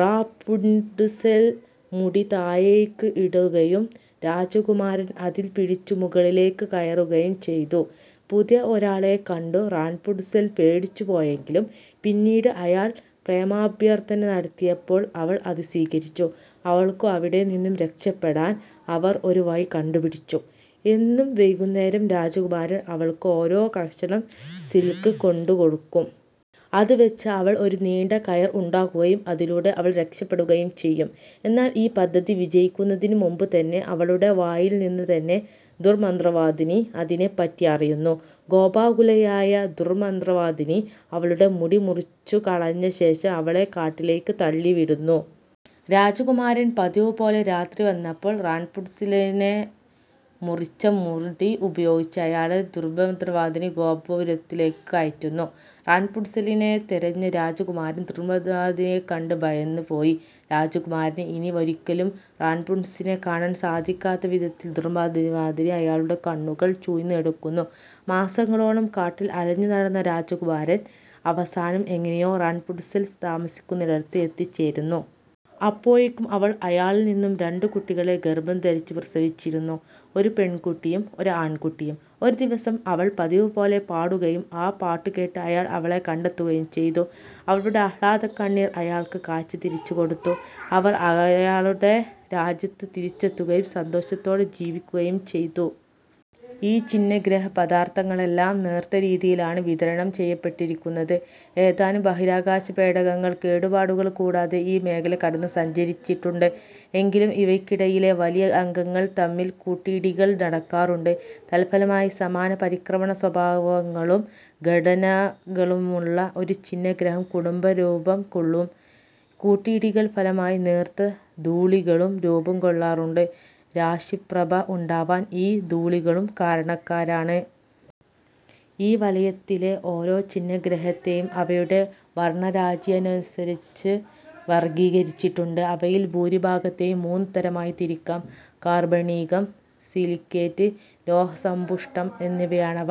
Rapunzel മുടി താഴേയ്ക്ക് ഇടുകയും രാജകുമാരൻ അതിൽ പിടിച്ചു മുകളിലേയ്ക്കു കയറുകയും ചെയ്തു. പുതിയ ഒരാളെ കണ്ടു റാപുൻട്സെൽ പേടിച്ചു പോയെങ്കിലും പിന്നീട് അയാൾ പ്രേമാഭ്യർത്ഥന നടത്തിയപ്പോൾ അവൾ അത് സ്വീകരിച്ചു. അവൾക്കു അവിടെ നിന്നും രക്ഷപ്പെടാൻ അവർ ഒരു വഴി കണ്ടുപിടിച്ചു. എന്നും വൈകുന്നേരം രാജകുമാരൻ അവൾക്കു ഓരോ കഷണം സിൽക്ക് കൊണ്ടുകൊടുക്കും. അതു വെച്ച് അവൾ ഒരു നീണ്ട കയർ ഉണ്ടാക്കുകയും അതിലൂടെ അവൾ രക്ഷപ്പെടുകയും ചെയ്യും. എന്നാൽ ഈ പദ്ധതി വിജയിയ്ക്കുന്നതിനു മുൻപ് തന്നെ അവളുടെ വായിൽ നിന്ന് തന്നെ ദുർമന്ത്രവാദിനി അതിനെപ്പറ്റി അറിയുന്നു. കോപാകുലയായ ദുർമന്ത്രവാദിനി അവളുടെ മുടി മുറിച്ചു കളഞ്ഞ ശേഷം അവളെ കാട്ടിലേയ്ക്ക് തള്ളിവിടുന്നു. രാജകുമാരൻ പതിവുപോലെ രാത്രി വന്നപ്പോൾ റാപുൻട്സെലിന്റെ മുറിച്ച മുടി ഉപയോഗിച്ച് അയാളെ ദുർമന്ത്രവാദിനി ഗോപുരത്തിലേയ്ക്ക് കയറ്റുന്നു. റാപുൻട്സെലിനെ തെരഞ്ഞ രാജകുമാരൻ ദുർമന്ത്രവാദിനിയെക്കണ്ട് ഭയന്നു പോയി. രാജകുമാരന് ഇനി ഒരിയ്ക്കലും റാപുൻട്സെലിനെ കാണാൻ സാധിയ്ക്കാത്ത വിധത്തിൽ ദുർമന്ത്രവാദിനി അയാളുടെ കണ്ണുകൾ ചൂഴ്ന്ന് എടുക്കുന്നു. മാസങ്ങളോളം കാട്ടിൽ അലഞ്ഞുനടന്ന രാജകുമാരൻ അവസാനം എങ്ങനെയോ റാപുൻട്സെൽ താമസിയ്ക്കുന്നിടത്തു എത്തിച്ചേരുന്നു. അപ്പോഴേയ്ക്കും അവൾ അയാളിൽ നിന്നുള്ള രണ്ടു കുട്ടികളെ ഗർഭം ധരിച്ചു പ്രസവിച്ചിരുന്നു. ഒരു ആൺകുട്ടിയും ഒരു പെൺകുട്ടിയും. ഒരു ദിവസം അവൾ പതിവുപോലെ പാടുകയും ആ പാട്ടു കേട്ട് അയാൾ അവളെ കണ്ടെത്തുകയും ചെയ്തു. അവളുടെ ആഹ്ലാദകണ്ണീർ അയാൾക്ക് കാഴ്ച തിരിച്ചുകൊടുത്തു. അവർ അയാളുടെ രാജ്യത്തു തിരിച്ചെത്തുകയും സന്തോഷത്തോടെ ജീവിയ്ക്കുകയും ചെയ്തു. ഈ ഛിന്നഗ്രഹ പദാർത്ഥങ്ങളെല്ലാം നേർത്തരീതിയിലാണ് വിതരണം ചെയ്യപ്പെട്ടിരിക്കുന്നത്, ഏതാനും ബഹിരാകാശപേടകങ്ങൾ കേടുപാടുകൾ കൂടാതെ ഈ മേഖല കടന്ന് സഞ്ചരിച്ചിട്ടുണ്ട്. എങ്കിലും ഇവയ്ക്കിടയിലെ വലിയ അംഗങ്ങൾ തമ്മിൽ കൂട്ടിയിടികൾ നടക്കാറുണ്ട്, തൽഫലമായി സമാന പരിക്രമണ സ്വഭാവങ്ങളും ഘടനകളുമുള്ള ഒരു ഛിന്നഗ്രഹം കുടുംബം രൂപം കൊള്ളും. കൂട്ടിയിടികൾ ഫലമായി നേർത്ത ധൂളികളും രൂപം കൊള്ളാറുണ്ട്, രാശി പ്രഭ ഉണ്ടാവാൻ ഈ ധൂളികളും കാരണക്കാരാണ്. വലയത്തിലെ ഓരോ ഛിന്നഗ്രഹത്തേയും അവയുടെ വർണ്ണരാജിയനുസരിച്ച് വർഗ്ഗീകരിച്ചിട്ടുണ്ട്, അവയിൽ ഭൂരിഭാഗത്തേയും മൂന്ന് തരമായി തിരിക്കാം: കാർബണീകം, സിലിക്കേറ്റ്, ലോഹസമ്പുഷ്ടം എന്നിവയാണവ.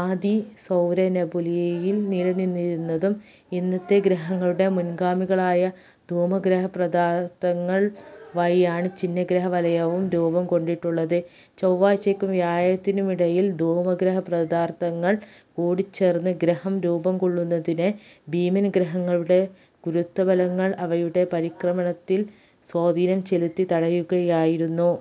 ആദി സൗരനെബുലയിൽ നിലനിന്നിരുന്നതും ഇന്നത്തെ ഗ്രഹങ്ങളുടെ മുൻഗാമികളായ ധൂമഗ്രഹപദാർത്ഥങ്ങൾ വഴിയാണ് ഛിന്നഗ്രഹ വലയവും രൂപം കൊണ്ടിട്ടുള്ളത്. ചൊവ്വയ്ക്കും വ്യാഴത്തിനുമിടയിലെ ധൂമഗ്രഹപദാർത്ഥങ്ങൾ കൂടിച്ചേർന്ന് ഗ്രഹം രൂപം കൊള്ളുന്നതിനെ ഭീമൻ ഗ്രഹങ്ങളുടെ ഗുരുത്വബലങ്ങൾ അവയുടെ പരിക്രമണത്തിൽ സ്വാധീനം ചെലുത്തി തടയുകയായിരുന്നു.